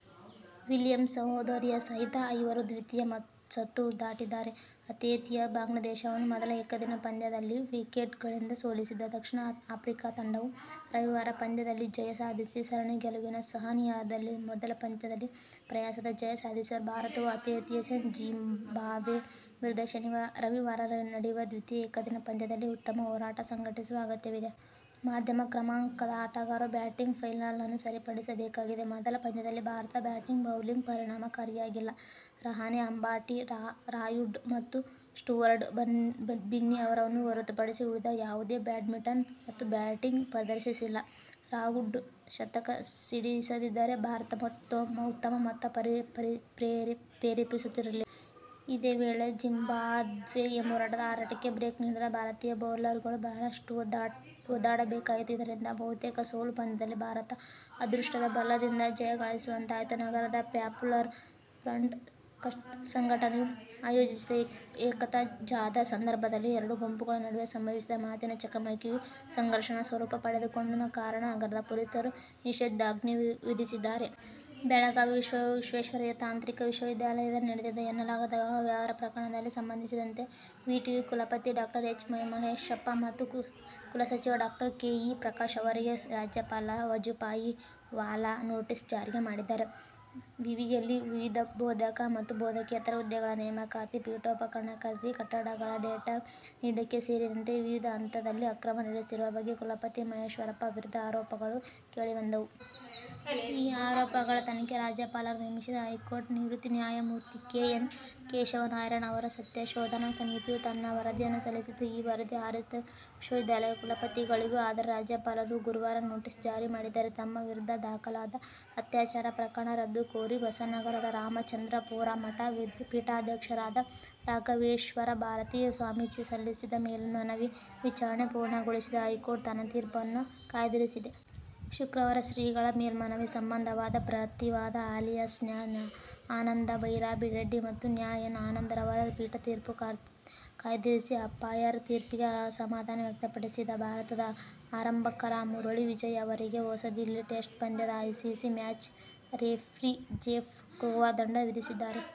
Williams ಸೋದರಿಯರ ಸಹಿತ ಐವರು ದ್ವಿತೀಯ ಸುತ್ತು ದಾಟಿದ್ದಾರೆ. ಆತಿಥೇಯ ಬಾಂಗ್ಲಾದೇಶವನ್ನು ಮೊದಲ ಏಕದಿನ ಪಂದ್ಯದಲ್ಲಿ ವಿಕೆಟ್ಗಳಿಂದ ಸೋಲಿಸಿದ ದಕ್ಷಿಣ ಆಫ್ರಿಕಾ ತಂಡವು ರವಿವಾರದ ಪಂದ್ಯದಲ್ಲೂ ಜಯ ಸಾಧಿಸಿ ಸರಣಿ ಗೆಲುವಿನ ಸನಿಹದಲ್ಲಿದೆ. ಮೊದಲ ಪಂದ್ಯದಲ್ಲಿ ಪ್ರಯಾಸದ ಜಯ ಸಾಧಿಸಿದ ಭಾರತವು ಆತಿಥೇಯ ಜಿಂಬಾಬ್ವೆ ವಿರುದ್ಧ ರವಿವಾರ ನಡೆಯುವ ದ್ವಿತೀಯ ಏಕದಿನ ಪಂದ್ಯದಲ್ಲಿ ಉತ್ತಮ ಹೋರಾಟ ಸಂಘಟಿಸುವ ಅಗತ್ಯವಿದೆ. ಮಧ್ಯಮ ಕ್ರಮಾಂಕದ ಆಟಗಾರರ ಬ್ಯಾಟಿಂಗ್ ವೈಫಲ್ಯವನ್ನು ಸರಿಪಡಿಸಬೇಕಾಗಿದೆ. ಮೊದಲ ಪಂದ್ಯದಲ್ಲಿ ಭಾರತದ ಬ್ಯಾಟಿಂಗ್, ಬೌಲಿಂಗ್ ಪರಿಣಾಮಕಾರಿಯಾಗಿಲ್ಲ. ರಹಾನೆ. ಅಂಬಾಟಿ ರಾಯುಡು ಮತ್ತು ಸ್ಟುವರ್ಟ್ ಬಿನ್ನಿ ಅವರನ್ನು ಹೊರತುಪಡಿಸಿದರೆ ಉಳಿದ ಯಾವುದೇ ಬ್ಯಾಟ್ಸ್ಮನ್ ಉತ್ತಮ ಬ್ಯಾಟಿಂಗ್ ಪ್ರದರ್ಶಿಸಿಲ್ಲ. ರಾಯುಡು ಶತಕ ಸಿಡಿಸದಿದ್ದರೆ ಭಾರತ ಉತ್ತಮ ಮೊತ್ತ ಪೇರಿಸುತ್ತಿರಲಿಲ್ಲ. ಇದೇ ವೇಳೆ ಜಿಂಬಾಬ್ವೆಯ ಹೋರಾಟದ ಆಟಕ್ಕೆ ಬ್ರೇಕ್ ನೀಡಲು ಭಾರತೀಯ ಬೌಲರ್ಗಳು ಬಹಳಷ್ಟು ಒದ್ದಾಡಬೇಕಾಯಿತು. ಇದರಿಂದ ಬಹುತೇಕ ಸೋಲುವ ಪಂದ್ಯದಲ್ಲಿ ಭಾರತ ಅದೃಷ್ಟದ ಬಲದಿಂದ ಜಯ ಕಾಣುವಂತಾಯಿತು. ನಗರದಲ್ಲಿ ಪಾಪ್ಯುಲರ್ ಫ್ರಂಟ್ ಸಂಘಟನೆಯು ಆಯೋಜಿಸಿದ್ದ ಏಕತಾ ಜಾಥಾ ಸಂದರ್ಭದಲ್ಲಿ ಎರಡು ಗುಂಪುಗಳ ನಡುವೆ ಸಂಭವಿಸಿದ ಮಾತಿನ ಚಕಮಕಿಯು ಘರ್ಷಣಾ ಸ್ವರೂಪ ಪಡೆದುಕೊಂಡ ಕಾರಣ ನಗರದಲ್ಲಿ ಪೊಲೀಸರು ನಿಷೇದಾಜ್ಞೆ ವಿಧಿಸಿದ್ದಾರೆ. ಬೆಳಗಾವಿಯ ವಿಶ್ವೇಶ್ವರಯ್ಯ ತಾಂತ್ರಿಕ ವಿಶ್ವವಿದ್ಯಾಲಯನಲ್ಲಿ ನಡೆದಿದೆ ಎನ್ನಲಾದ ಅವ್ಯವಹಾರ ಪ್ರಕರಣಗಳಿಗೆ ಸಂಬಂಧಿಸಿದಂತೆ ವಿಟಿಯು ಕುಲಪತಿ ಡಾ. ಎಚ್. ಮಹೇಶಪ್ಪ ಮತ್ತು ಕುಲಸಚಿವ ಡಾ. ಕೆ. ಇ. ಪ್ರಕಾಶ್ ಅವರಿಗೆ ರಾಜ್ಯಪಾಲ ವಜುಭಾಯಿ ವಾಲಾ ನೋಟಿಸ್ ಜಾರಿ ಮಾಡಿದ್ದಾರೆ. ವಿವಿಯಲ್ಲಿ ವಿವಿಧ ಬೋಧಕ ಮತ್ತು ಬೋಧಕೇತರ ಹುದ್ದೆಗಳ ನೇಮಕಾತಿ, ಪೀಠೊಪಕರಣ ಖರೀದಿ, ಕಟ್ಟಡಗಳ ಟೆಂಡರ್ ನೀಡಿಕೆ ಸೇರಿದಂತೆ ವಿವಿಧ ಹಂತದಲ್ಲಿ ಅಕ್ರಮ ನಡೆಸಿರುವ ಬಗ್ಗೆ ಕುಲಪತಿ ಮಹೇಶಪ್ಪ ವಿರುದ್ಧ ಆರೋಪಗಳು ಕೇಳಿಬಂದಿದ್ದವು. ಈ ಆರೋಪಗಳ ತನಿಖೆಗೆ ರಾಜ್ಯಪಾಲರು ನೇಮಿಸಿದ್ದ ಹೈಕೋರ್ಟ್ ನಿವೃತ್ತ ನ್ಯಾಯಮೂರ್ತಿ ಕೆ. ಎನ್. ಕೇಶವನಾರಾಯಣ ಅವರ ಸತ್ಯಶೋಧನಾ ಸಮಿತಿಯು ತನ್ನ ವರದಿ ಸಲ್ಲಿಸಿದ್ದು, ಈ ವರದಿ ಆಧರಿಸಿ ವಿಶ್ವವಿದ್ಯಾಲಯಗಳ ಕುಲಾಧಿಪತಿಗಳೂ ಆದ ರಾಜ್ಯಪಾಲರು ಗುರುವಾರ ನೋಟಿಸ್ ಜಾರಿ ಮಾಡಿದ್ದಾರೆ. ತಮ್ಮ ವಿರುದ್ಧ ದಾಖಲಾದ ಅತ್ಯಾಚಾರ ಪ್ರಕರಣ ರದ್ದು ಕೋರಿ ಹೊಸನಗರದ ರಾಮಚಂದ್ರಾಪುರ ಮಠದ ಪೀಠಾಧ್ಯಕ್ಷರಾದ ರಾಘವೇಶ್ವರ ಭಾರತಿ ಸ್ವಾಮೀಜಿ ಸಲ್ಲಿಸಿದ್ದ ಮೇಲ್ಮನವಿ ವಿಚಾರಣೆ ಪೂರ್ಣಗೊಳಿಸಿದ ಹೈಕೋರ್ಟ್ ತನ್ನ ತೀರ್ಪನ್ನು ಕಾಯ್ದಿರಿಸಿದೆ. ಶುಕ್ರವಾರ ಶ್ರೀಗಳ ಮೇಲ್ಮನವಿ ಸಂಬಂಧ ವಾದ-ಪ್ರತಿವಾದ ಆಲಿಸಿದ ನ್ಯಾ. ಆನಂದ್ ಬೈರಾರೆಡ್ಡಿ ಮತ್ತು ನ್ಯಾ. ಎನ್. ಆನಂದ್ ಅವರ ಪೀಠ ತೀರ್ಪು ಕಾಯ್ದಿರಿಸಿತು. ಅಂಪಾಯರ್ ತೀರ್ಪಿಗೆ ಅಸಮಾಧಾನ ವ್ಯಕ್ತಪಡಿಸಿದ ಭಾರತದ ಆರಂಭಕಾರ ಮುರಳಿ ವಿಜಯ್ ಅವರಿಗೆ ಹೊಸದಿಲ್ಲಿ ಟೆಸ್ಟ್ ಪಂದ್ಯದ ICC match referee Jeff Crowe ದಂಡ ವಿಧಿಸಿದ್ದಾರೆ.